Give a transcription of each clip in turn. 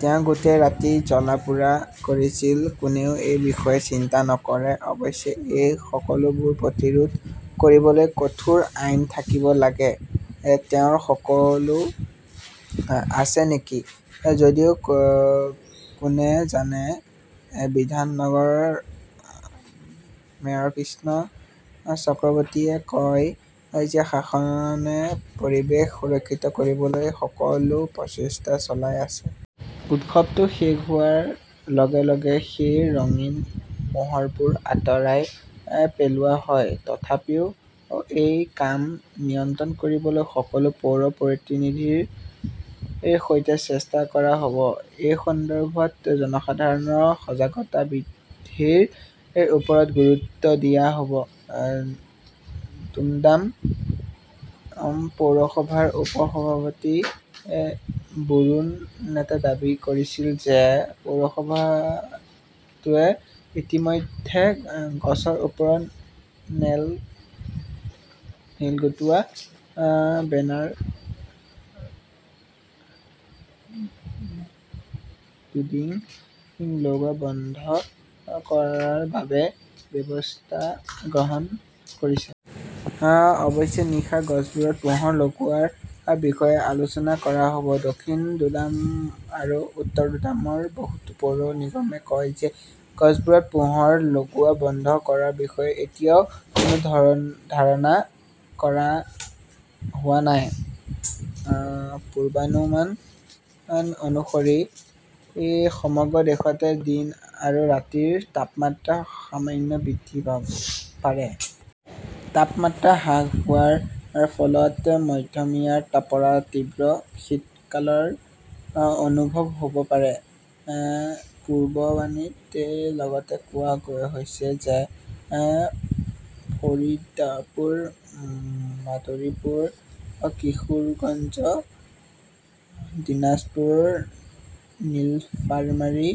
তেওঁ গোটেই ৰাতি জ্বলা-পোৰা কৰিছিল। কোনেও এই বিষয়ে চিন্তা নকৰে। অৱশ্যে, এই সকলোবোৰ প্ৰতিৰোধ কৰিবলৈ কঠোৰ আইন থাকিব লাগে। তেওঁৰ সকলো আছে নেকি? যদিও অ', কোনে জানে? বিধাননগৰৰ মেয়ৰ কৃষ্ণ চক্ৰৱৰ্তীয়ে কয় যে, প্ৰশাসনে পৰিৱেশ সুৰক্ষিত কৰিবলৈ সকলো প্ৰচেষ্টা চলাই আছে। উৎসৱটো শেষ হোৱাৰ লগে লগে সেই ৰঙীন পোহৰবোৰ আঁতৰাই পেলোৱা হয়। তথাপিও এই কাম নিয়ন্ত্ৰণ কৰিবলৈ সকলো পৌৰ প্ৰতিনিধিৰ এ সৈতে চেষ্টা কৰা হ'ব। এই সন্দৰ্ভত জনসাধাৰণৰ সজাগতা বৃদ্ধিৰ ওপৰত গুৰুত্ব দিয়া হ'ব। দুমডাম পৌৰসভাৰ উপ-সভাপতি বৰুণ নটে দাবী কৰিছিল যে, পৌৰসভাটোৱে ইতিমধ্যে গছৰ ওপৰত নেইল লগোৱা বেনাৰ-হোৰ্ডিং লগোৱা বন্ধ কৰাৰ বাবে ব্যৱস্থা গ্ৰহণ কৰিছে। অ', অৱশ্যে, নিশা গছবোৰত পোহৰ লগোৱাৰ বিষয়ে আলোচনা কৰা হ'ব। দক্ষিণ দুমডাম আৰু উত্তৰ দুমডামৰ বহুতো পৌৰ নিগমে কয় যে, গছবোৰত পোহৰ লগোৱা বন্ধ কৰাৰ বিষয়ে এতিয়াও কোনো ধাৰণা কৰা হোৱা নাই। পূৰ্বানুমান অনুসৰি সমগ্ৰ দেশতে দিন আৰু ৰাতিৰ তাপমাত্ৰা সামান্য বৃদ্ধি পাব পাৰে। তাপমাত্ৰা হ্ৰাস হোৱাৰ ফলত মধ্যমীয়াৰ পৰা তীব্ৰ শীতকালৰ অ', অনুভৱ হ'ব পাৰে। পূৰ্ববাণীত লগতে কোৱা হৈছে যে অ', ফৰিদাপুৰ, মাদৰীপুৰ, কিশোৰগঞ্জ, দিনাজপুৰ, নীলফাৰমাৰী,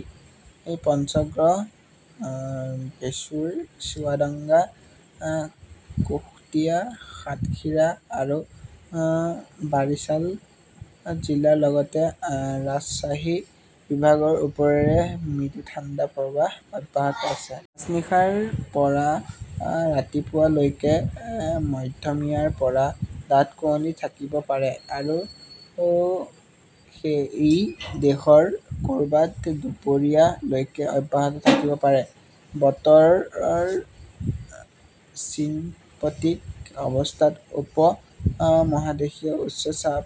পঞ্চগড়, জেছুৰ, চুৱাদাঙ্গা, কুশটিয়া, সাতক্ষীৰা আৰু বাৰিছাল জিলাৰ লগতে ৰাজশ্বাহী বিভাগৰ ওপৰেৰে মৃদু ঠাণ্ডা প্ৰৱাহ অব্যাহত আছে। মাজনিশাৰ পৰা অ', ৰাতিপুৱাৰলৈকে মধ্যমীয়াৰ পৰা ডাঠ কুঁৱলী থাকিব পাৰে আৰু ই দেশৰ ক'ৰবাত দুপৰীয়া লৈকে অব্যাহত থাকিব পাৰে। বতৰৰ চিনপটিক অৱস্থাত উপ-মহাদেশীয় উচ্চ চাপ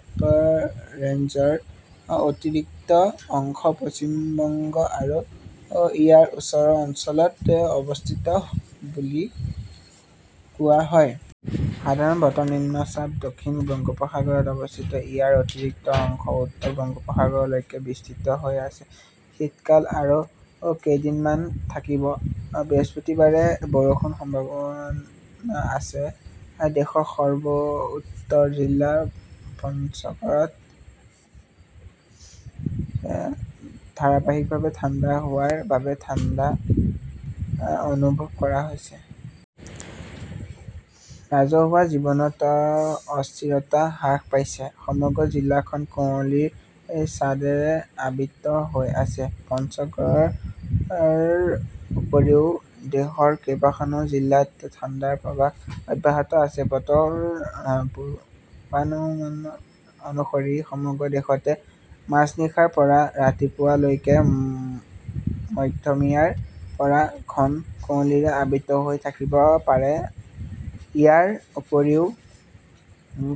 ৰেঞ্জৰ অতিৰিক্ত অংশ পশ্চিম বংগ আৰু ইয়াৰ ওচৰৰ অঞ্চলত অৱস্থিত বুলি কোৱা হয়। সাধাৰণ বতৰৰ নিম্নচাপ দক্ষিণ বংগোপসাগৰত অৱস্থিত। ইয়াৰ অতিৰিক্ত অংশ উত্তৰ বংগোপসাগৰলৈকে বিস্তৃত হৈ আছে। শীতকাল আৰু কেইদিনমান থাকিব, বৃহস্পতিবাৰে বৰষুণৰ সম্ভাৱনা আছে দেশৰ সৰ্ব-উত্তৰ জিলা পঞ্চগৰত ধাৰাবাহিকভাৱে ঠাণ্ডা হোৱাৰ বাবে ঠাণ্ডা অনুভৱ কৰা হৈছে। ৰাজহুৱা জীৱনতা অস্থিৰতা হ্ৰাস পাইছে। সমগ্ৰ জিলাখন কুঁৱলীৰ চাদৰেৰে আবৃত হৈ আছে। পঞ্চগড়ৰ উপৰিও দেশৰ কেইবাখনো জিলাত ঠাণ্ডাৰ প্ৰৱাহ অব্যাহত আছে। বতৰৰ পূৰ্বানুমান অনুসৰি, সমগ্ৰ দেশতে মাজনিশাৰ পৰা ৰাতিপুৱা লৈকে মধ্যমীয়াৰ পৰা ঘন কুঁৱলীৰে আবৃত হৈ থাকিব পাৰে। ইয়াৰ উপৰিও,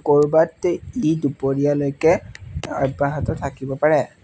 ক'ৰবাত ই দুপৰীয়া লৈকে অব্যাহত থাকিব পাৰে।